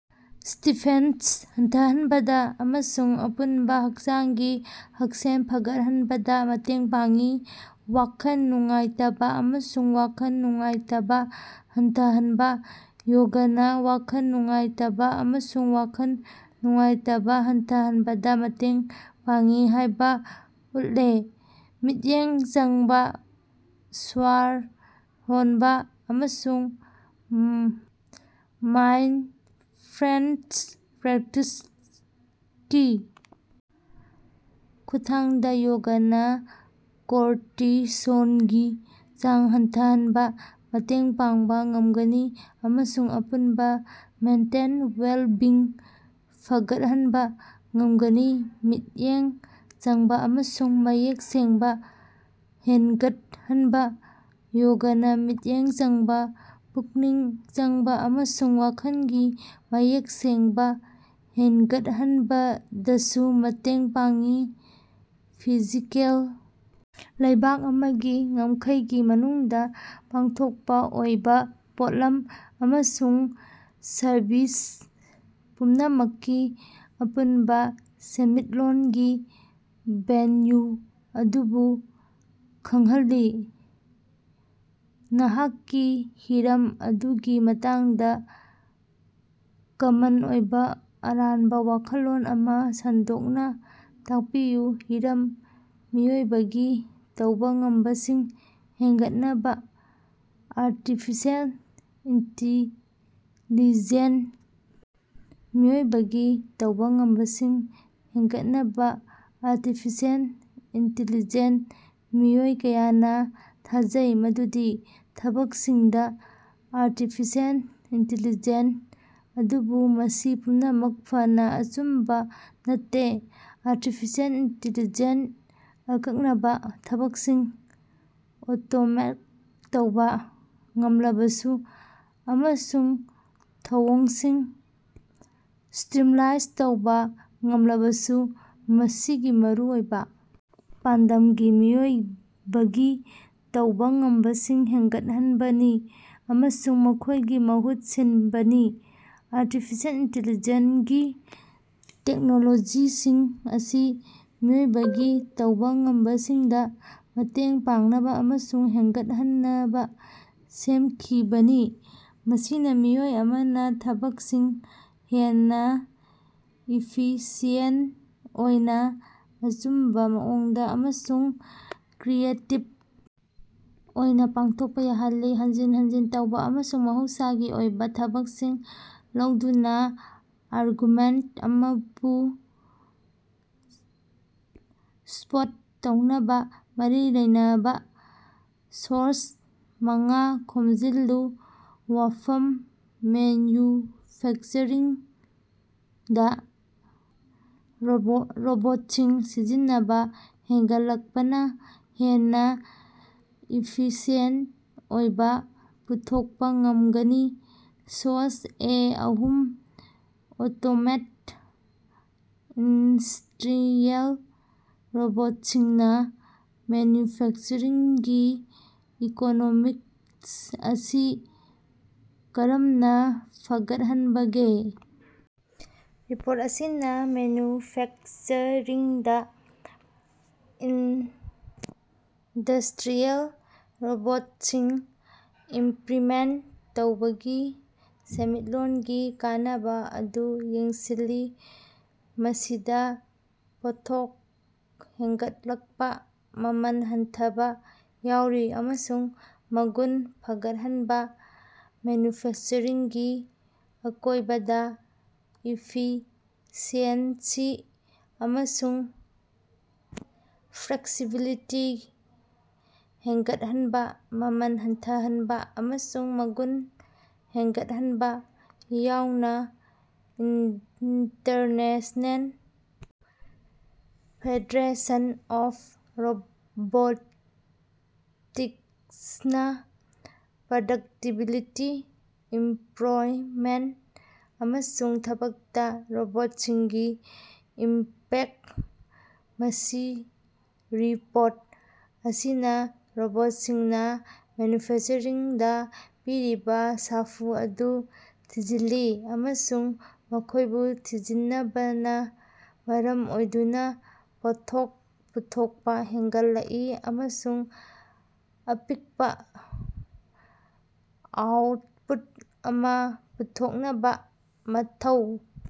Stiffness ꯍꯟꯊꯍꯟꯕꯗ ꯑꯃꯁꯨꯡ ꯑꯄꯨꯟꯕ ꯍꯛꯆꯥꯡꯒꯤ ꯍꯛꯁꯦꯜ ꯐꯒꯠꯍꯟꯕꯗ ꯃꯇꯦꯡ ꯄꯥꯡꯏ꯫ ꯋꯥꯈꯜ ꯅꯨꯡꯉꯥꯏꯇꯕ ꯑꯃꯁꯨꯡ ꯋꯥꯈꯜ ꯅꯨꯡꯉꯥꯏꯇꯕ ꯍꯟꯊꯍꯟꯕ: ꯌꯣꯒꯅ ꯋꯥꯈꯜ ꯅꯨꯡꯉꯥꯏꯇꯕ ꯑꯃꯁꯨꯡ ꯋꯥꯈꯜ ꯅꯨꯡꯉꯥꯏꯇꯕ ꯍꯟꯊꯍꯟꯕꯗ ꯃꯇꯦꯡ ꯄꯥꯡꯏ ꯍꯥꯏꯕ ꯎꯠꯂꯦ꯫ ꯃꯤꯠꯌꯦꯡ ꯆꯪꯕ ꯁ꯭ꯋꯔ ꯍꯣꯟꯕ ꯑꯃꯁꯨꯡ ꯃꯥꯏꯟꯗꯐ꯭ꯔꯦꯟꯗ ꯄ꯭ꯔꯦꯛꯇꯤꯁꯀꯤ ꯈꯨꯠꯊꯥꯡꯗ ꯌꯣꯒꯅ ꯀꯣꯔꯇꯤꯁꯣꯜꯒꯤ ꯆꯥꯡ ꯍꯟꯊꯍꯟꯕꯗ ꯃꯇꯦꯡ ꯄꯥꯡꯕ ꯉꯝꯒꯅꯤ ꯑꯃꯁꯨꯡ ꯑꯄꯨꯟꯕ ꯃꯦꯟꯇꯦꯜ ꯋꯦꯜꯕꯤꯡ ꯐꯒꯠꯍꯟꯕ ꯉꯝꯒꯅꯤ꯫ ꯃꯤꯠꯌꯦꯡ ꯆꯪꯕ ꯑꯃꯁꯨꯡ ꯃꯌꯦꯛ ꯁꯦꯡꯕ ꯍꯦꯟꯒꯠꯍꯟꯕ: ꯌꯣꯒꯅ ꯃꯤꯠꯌꯦꯡ ꯆꯪꯕ, ꯄꯨꯛꯅꯤꯡ ꯆꯪꯕ ꯑꯃꯁꯨꯡ ꯋꯥꯈꯜꯒꯤ ꯃꯌꯦꯛ ꯁꯦꯡꯕ ꯍꯦꯟꯒꯠꯍꯟꯕꯗꯁꯨ ꯃꯇꯦꯡ ꯄꯥꯡꯏ꯫ ꯐꯤꯖꯤꯀꯦꯜ ꯂꯩꯕꯥꯛ ꯑꯃꯒꯤ ꯉꯝꯈꯩꯒꯤ ꯃꯅꯨꯡꯗ ꯄꯨꯊꯣꯛꯄ ꯑꯔꯣꯏꯕ ꯄꯣꯠꯂꯝ ꯑꯃꯁꯨꯡ ꯁꯔꯕꯤꯁ ꯄꯨꯝꯅꯃꯛꯀꯤ ꯑꯄꯨꯟꯕ ꯁꯦꯟꯃꯤꯠꯂꯣꯟꯒꯤ ꯚꯦꯜꯌꯨ ꯑꯗꯨꯕꯨ ꯈꯪꯍꯜꯂꯤ꯫ ꯅꯍꯥꯛꯀꯤ ꯍꯤꯔꯝ ꯑꯗꯨꯒꯤ ꯃꯇꯥꯡꯗ ꯀꯃꯟ ꯑꯣꯏꯕ ꯑꯔꯥꯟꯕ ꯋꯥꯈꯜꯂꯣꯟ ꯑꯃ ꯁꯟꯗꯣꯛꯅ ꯇꯥꯛꯄꯤꯌꯨ꯫ ꯍꯤꯔꯝ: ꯃꯤꯑꯣꯏꯕꯒꯤ ꯇꯧꯕ ꯉꯝꯕꯁꯤꯡ ꯍꯦꯟꯒꯠꯍꯟꯅꯕ ꯑꯥꯔꯇꯤꯐꯤꯁꯦꯜ ꯏꯟꯇꯤꯂꯤꯖꯦꯟꯠ ꯃꯤꯑꯣꯏꯕꯒꯤ ꯇꯧꯕ ꯉꯝꯕꯁꯤꯡ ꯍꯦꯟꯒꯠꯍꯟꯅꯕ ꯑꯥꯔꯇꯤꯐꯤꯁꯦꯜ ꯏꯟꯇꯤꯂꯤꯖꯦꯟꯠ ꯃꯤꯑꯣꯏ ꯀꯌꯥꯅ ꯊꯥꯖꯩ ꯃꯗꯨꯗꯤ ꯊꯕꯛꯁꯤꯡꯗ ꯑꯥꯔꯇꯤꯐꯤꯁꯦꯜ ꯏꯟꯇꯤꯂꯤꯖꯦꯟꯠ ꯑꯗꯨꯕꯨ ꯃꯁꯤ ꯃꯄꯨꯡ ꯐꯥꯅ ꯑꯆꯨꯝꯕ ꯅꯠꯇꯦ꯫ ꯑꯥꯔꯇꯤꯐꯤꯁꯦꯜ ꯏꯟꯇꯤꯂꯤꯖꯦꯟꯠꯅ ꯑꯀꯛꯅꯕ ꯊꯕꯛꯁꯤꯡ ꯑꯣꯇꯣꯃꯦꯠ ꯇꯧꯕ ꯉꯝꯂꯕꯁꯨ ꯑꯃꯁꯨꯡ ꯊꯧꯑꯣꯡꯁꯤꯡ ꯁ꯭ꯇꯔꯤꯝꯂꯥꯏꯟ ꯇꯧꯕ ꯉꯝꯂꯕꯁꯨ, ꯃꯁꯤꯒꯤ ꯃꯔꯨꯑꯣꯏꯕ ꯄꯥꯟꯗꯝꯗꯤ ꯃꯤꯑꯣꯏꯕꯒꯤ ꯇꯧꯕ ꯉꯝꯕꯁꯤꯡ ꯍꯦꯟꯒꯠꯍꯟꯕꯅꯤ ꯑꯃꯁꯨꯡ ꯃꯈꯣꯏꯒꯤ ꯃꯍꯨꯠ ꯁꯤꯟꯕꯅꯤ꯫ ꯑꯥꯔꯇꯤꯐꯤꯁꯦꯜ ꯏꯟꯇꯤꯂꯤꯖꯦꯟꯠ ꯒꯤ ꯇꯦꯛꯅꯣꯂꯣꯖꯤꯁꯤꯡ ꯑꯁꯤ ꯃꯤꯑꯣꯏꯕꯒꯤ ꯇꯧꯕ ꯉꯝꯕꯁꯤꯡꯗ ꯃꯇꯦꯡ ꯄꯥꯡꯅꯕ ꯑꯃꯁꯨꯡ ꯍꯦꯟꯒꯠꯍꯟꯅꯕ ꯁꯦꯝꯈꯤꯕꯅꯤ, ꯃꯁꯤꯅ ꯃꯤꯑꯣꯏ ꯑꯃꯅ ꯊꯕꯛꯁꯤꯡ ꯍꯦꯟꯅ ꯏꯐꯤꯁꯤꯌꯦꯟꯠ ꯑꯣꯏꯅ, ꯑꯆꯨꯝꯕ ꯃꯑꯣꯡꯗ ꯑꯃꯁꯨꯡ ꯀ꯭ꯔꯤꯌꯦꯇꯤꯕ ꯑꯣꯏꯅ ꯄꯥꯡꯊꯣꯛꯄ ꯌꯥꯍꯜꯂꯤ꯫ ꯍꯟꯖꯤꯟ ꯍꯟꯖꯤꯟ ꯇꯧꯕ ꯑꯃꯁꯨꯡ ꯃꯍꯧꯁꯥꯒꯤ ꯑꯣꯏꯕ ꯊꯕꯛꯁꯤꯡ ꯂꯧꯗꯨꯅ, ꯑꯥꯔꯒꯨꯃꯦꯟꯠ ꯑꯃꯕꯨ ꯁꯄꯣꯔꯠ ꯇꯧꯅꯕ ꯃꯔꯤ ꯂꯩꯅꯕ ꯁꯣꯔꯁ ꯃꯉꯥ ꯈꯣꯝꯖꯤꯜꯂꯨ꯫ ꯋꯥꯐꯝ: ꯃꯦꯟꯌꯨꯐꯦꯛꯆꯔꯤꯡꯗ ꯔꯣꯕꯣꯠꯁꯤꯡ ꯁꯤꯖꯤꯟꯅꯕ ꯍꯦꯟꯒꯠꯂꯛꯄꯅ ꯍꯦꯟꯅ ꯏꯐꯤꯁꯤꯌꯦꯟꯠ ꯑꯣꯏꯕ ꯄꯨꯊꯣꯛꯄ ꯉꯝꯒꯅꯤ꯫ ꯁꯣꯔꯁ: ꯑꯦ ꯑꯍꯨꯝ ꯑꯣꯇꯣꯃꯦꯠꯅ ꯏꯟꯗꯁꯇ꯭ꯔꯤꯌꯦꯜ ꯔꯣꯕꯣꯠꯁꯤꯡꯅ ꯃꯦꯅ꯭ꯌꯨꯐꯦꯛꯆꯔꯤꯡꯒꯤ ꯏꯀꯣꯅꯣꯃꯤꯛꯁ ꯑꯁꯤ ꯀꯔꯝꯅ ꯐꯒꯠꯍꯟꯕꯒꯦ? ꯔꯤꯄꯣꯔꯠ ꯑꯁꯤꯅ ꯃꯦꯅ꯭ꯌꯨꯐꯦꯛꯆꯔꯤꯡꯗ ꯏꯟꯗꯁꯇ꯭ꯔꯤꯌꯦꯜ ꯔꯣꯕꯣꯠꯁꯤꯡ ꯏꯝꯄ꯭ꯂꯤꯃꯦꯟꯠ ꯇꯧꯕꯒꯤ ꯁꯦꯟꯃꯤꯠꯂꯣꯟꯒꯤ ꯀꯥꯟꯅꯕ ꯑꯗꯨ ꯌꯦꯡꯁꯤꯜꯂꯤ, ꯃꯁꯤꯗ ꯄꯣꯠꯊꯣꯛ ꯍꯦꯟꯒꯠꯂꯛꯄ, ꯃꯃꯜ ꯍꯟꯊꯕ ꯌꯥꯎꯔꯤ꯫ ꯑꯃꯁꯨꯡ ꯃꯒꯨꯟ ꯐꯒꯠꯍꯟꯕ꯫ ꯃꯦꯅ꯭ꯌꯨꯐꯦꯛꯆꯔꯤꯡꯒꯤ ꯑꯀꯣꯏꯕꯗ, ꯏꯐꯤꯁꯤꯑꯦꯟꯁꯤ ꯑꯃꯁꯨꯡ ꯐ꯭ꯂꯦꯛꯁꯤꯕꯤꯂꯤꯇꯤ ꯍꯦꯟꯒꯠꯍꯟꯕ, ꯃꯃꯜ ꯍꯟꯊꯕ, ꯑꯃꯁꯨꯡ ꯃꯒꯨꯟ ꯍꯦꯟꯒꯠꯍꯟꯕ ꯌꯥꯎꯅ꯫ ꯏꯟꯇꯔꯅꯦꯁꯅꯦꯜ ꯐꯦꯗꯔꯦꯁꯟ ꯑꯣꯐ ꯔꯣꯕꯣꯇꯤꯛꯁꯅ ꯄ꯭ꯔꯗꯛꯇꯤꯕꯤꯇꯤ, ꯏꯝꯄ꯭ꯂꯣꯏꯃꯦꯟꯠ ꯑꯃꯁꯨꯡ ꯊꯕꯛꯇ ꯔꯣꯕꯣꯠꯁꯤꯡꯒꯤ ꯏꯝꯄꯦꯛ꯫ ꯃꯁꯤꯔꯤꯄꯣꯔꯠ ꯑꯁꯤꯅ ꯔꯣꯕꯣꯠꯁꯤꯡꯅ ꯃꯦꯅ꯭ꯌꯨꯐꯦꯛꯆꯔꯤꯡꯗ ꯄꯤꯔꯤꯕ ꯁꯥꯐꯨ ꯑꯗꯨ ꯊꯤꯖꯤꯜꯂꯤ ꯑꯃꯁꯨꯡ ꯃꯈꯣꯏꯕꯨ ꯁꯤꯖꯤꯟꯅꯕꯅ ꯃꯔꯝ ꯑꯣꯏꯗꯨꯅ ꯄꯣꯠꯊꯣꯛ ꯄꯨꯊꯣꯛꯄ ꯍꯦꯟꯒꯠꯂꯛꯏ, ꯑꯃꯁꯨꯡ ꯑꯄꯤꯕ ꯑꯥꯎꯠꯄꯨꯠ ꯑꯃ ꯄꯨꯊꯣꯛꯅꯕ ꯃꯊꯧ꯫